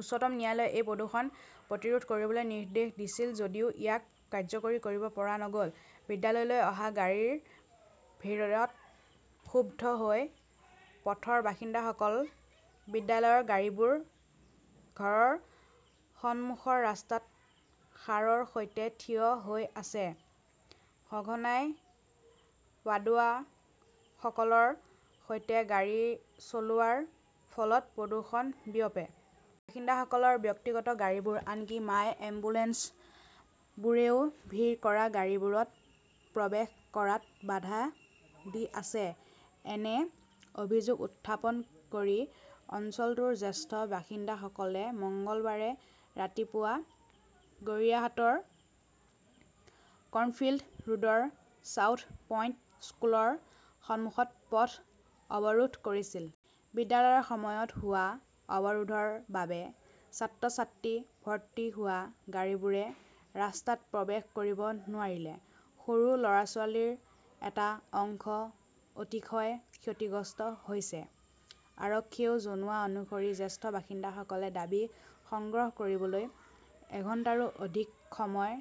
উচ্চতম ন্যায়ালয়ে এই প্ৰদূষণ প্ৰতিৰোধ কৰিবলৈ নিৰ্দেশ দিছিল যদিও ইয়াক কাৰ্যকৰী কৰিব পৰা নগ'ল। বিদ্যালয়লৈ অহা গাড়ীৰ ভিৰত ক্ষুব্ধ হৈ পথৰ বাসিন্দাসকল বিদ্যালয়ৰ গাড়ীবোৰ ঘৰৰ সন্মুখৰ ৰাস্তাত সাৰৰ সৈতে থিয় হৈ আছে। সঘনাই পাডুৱাসকলৰ সৈতে গাড়ী চলোৱাৰ ফলত প্ৰদূষণ বিয়পে। বাসিন্দাসকলৰ ব্যক্তিগত গাড়ীবোৰ, আনকি মাই এম্বুলেন্সবোৰেও ভিৰ কৰা গাড়ীবোৰত প্ৰৱেশ কৰাত বাধা দি আছে। এনে অভিযোগ উত্থাপন কৰি অঞ্চলটোৰ জ্যেষ্ঠ বাসিন্দাসকলে মঙলবাৰে ৰাতিপুৱা গড়িয়াহাটৰ কৰ্ণফিল্ড ৰোডৰ চাউথ পইণ্ট স্কুলৰ সন্মুখত পথ অৱৰোধ কৰিছিল। বিদ্যালয়ৰ সময়ত হোৱা অৱৰোধৰ বাবে ছাত্ৰ-ছাত্ৰী ভৰ্তি হোৱা গাড়ীবোৰে ৰাস্তাত প্ৰৱেশ কৰিব নোৱাৰিলে। সৰু ল'ৰা-ছোৱালীৰ এটা অংশ অতিশয় ক্ষতিগ্ৰস্ত হৈছে। আৰক্ষীয়ে জনোৱা অনুসৰি জ্যেষ্ঠ বাসিন্দাসকলে দাবী সংগ্ৰহ কৰিবলৈ এঘণ্টাৰো অধিক সময়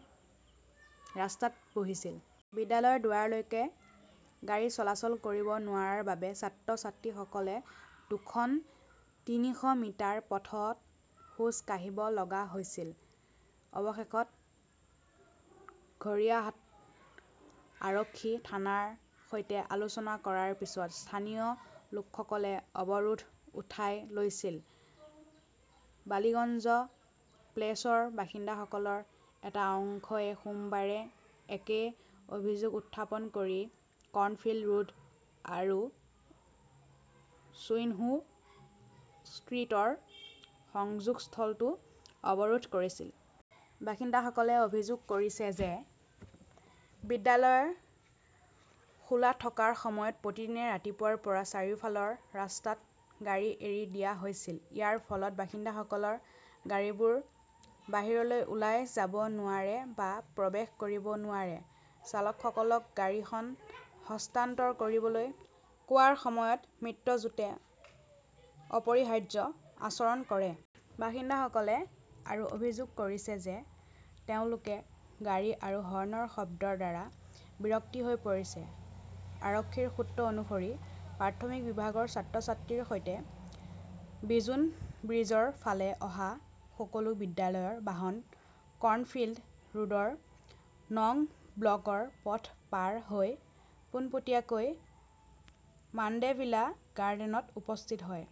ৰাস্তাত বহিছিল। বিদ্যালয়ৰ দুৱাৰলৈকে গাড়ী চলাচল কৰিব নোৱাৰাৰ বাবে ছাত্ৰ-ছাত্ৰীসকলে দুখন, তিনিশ মিটাৰ পথত খোজ কাঢ়িব লগা হৈছিল। অৱশেষত ঘৰিয়াহাট আৰক্ষী থানাৰ সৈতে আলোচনা কৰাৰ পিছত স্থানীয় লোকসকলে অৱৰোধ উঠাই লৈছিল। বালিগঞ্জ প্লেচৰ বাসিন্দাসকলৰ এটা অংশই সোমবাৰে একে অভিযোগ উত্থাপন কৰি কৰ্ণফিল্ড ৰোড আৰু ছুইনহো ষ্ট্ৰীটৰ সংযোগস্থলটো অৱৰোধ কৰিছিল। বাসিন্দাসকলে অভিযোগ কৰিছে যে বিদ্যালয় খোলা থকাৰ সময়ত প্ৰতিদিনে ৰাতিপুৱাৰ পৰা চাৰিওফালৰ ৰাস্তাত গাড়ী এৰি দিয়া হৈছিল। ইয়াৰ ফলত বাসিন্দাসকলৰ গাড়ীবোৰ বাহিৰলৈ ওলাই যাব নোৱাৰে বা প্ৰৱেশ কৰিব নোৱাৰে। চালকসকলক গাড়ীখন স্থানান্তৰ কৰিবলৈ কোৱাৰ সময়ত মিত্ৰজোটে অপৰিহাৰ্য আচৰণ কৰে। বাসিন্দাসকলে আৰু অভিযোগ কৰিছে যে তেওঁলোকে গাড়ী আৰু হৰ্ণৰ শব্দৰ দ্বাৰা বিৰক্ত হৈ পৰিছে। আৰক্ষীৰ সূত্ৰ অনুসৰি, প্ৰাথমিক বিভাগৰ ছাত্ৰ-ছাত্ৰীৰ সৈতে বিজোন ব্ৰীজৰ ফালে অহা সকলো বিদ্যালয়ৰ বাহন কৰ্ণফিল্ড ৰোডৰ নং ব্লকৰ পথ পাৰ হৈ পোনপটীয়াকৈ মাণ্ডেভিলা গাৰ্ডেনত উপস্থিত হয়।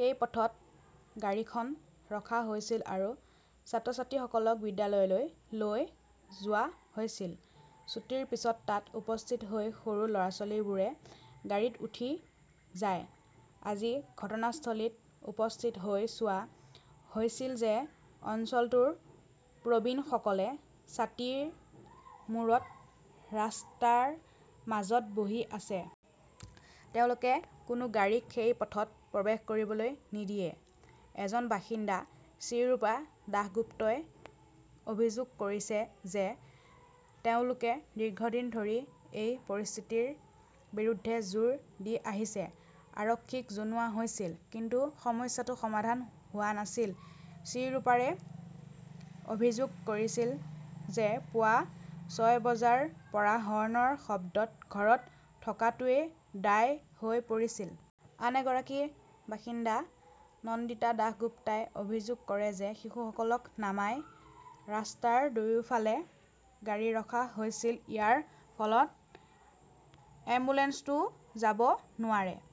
সেই পথত গাড়ীখন ৰখা হৈছিল আৰু ছাত্ৰ-ছাত্ৰীসকলক বিদ্যালয়লৈ লৈ যোৱা হৈছিল। ছুটীৰ পিছত তাত উপস্থিত হৈ সৰু ল'ৰা-ছোৱালীবোৰে গাড়ীত উঠি যায়। আজি ঘটনাস্থলীত উপস্থিত হৈ চোৱা হৈছিল যে অঞ্চলটোৰ প্ৰবীণসকলে ছাতিৰ মূৰত ৰাস্তাৰ মাজত বহি আছে। তেওঁলোকে কোনো গাড়ীক সেই পথত প্ৰৱেশ কৰিবলৈ নিদিয়ে। এজন বাসিন্দা শ্ৰীৰুপা দাসগুপ্তই অভিযোগ কৰিছে যে তেওঁলোকে দীৰ্ঘদিন ধৰি এই পৰিস্থিতিৰ বিৰুদ্ধে জোৰ দি আহিছে। আৰক্ষীক জনোৱা হৈছিল। কিন্তু সমস্যাটো সমাধান হোৱা নাছিল। শ্ৰীৰুপাৰে অভিযোগ কৰিছিল যে পুৱা ছয় বজাৰ পৰা হৰ্নৰ শব্দত ঘৰত থকাটোৱেই দায় হৈ পৰিছিল। আন এগৰাকী বাসিন্দা নন্দিতা দাসগুপ্তাই অভিযোগ কৰে যে শিশুসকলক নামাই ৰাস্তাৰ দুয়োফালে গাড়ী ৰখা হৈছিল। ইয়াৰ ফলত এম্বুলেন্সটোও যাব নোৱাৰে।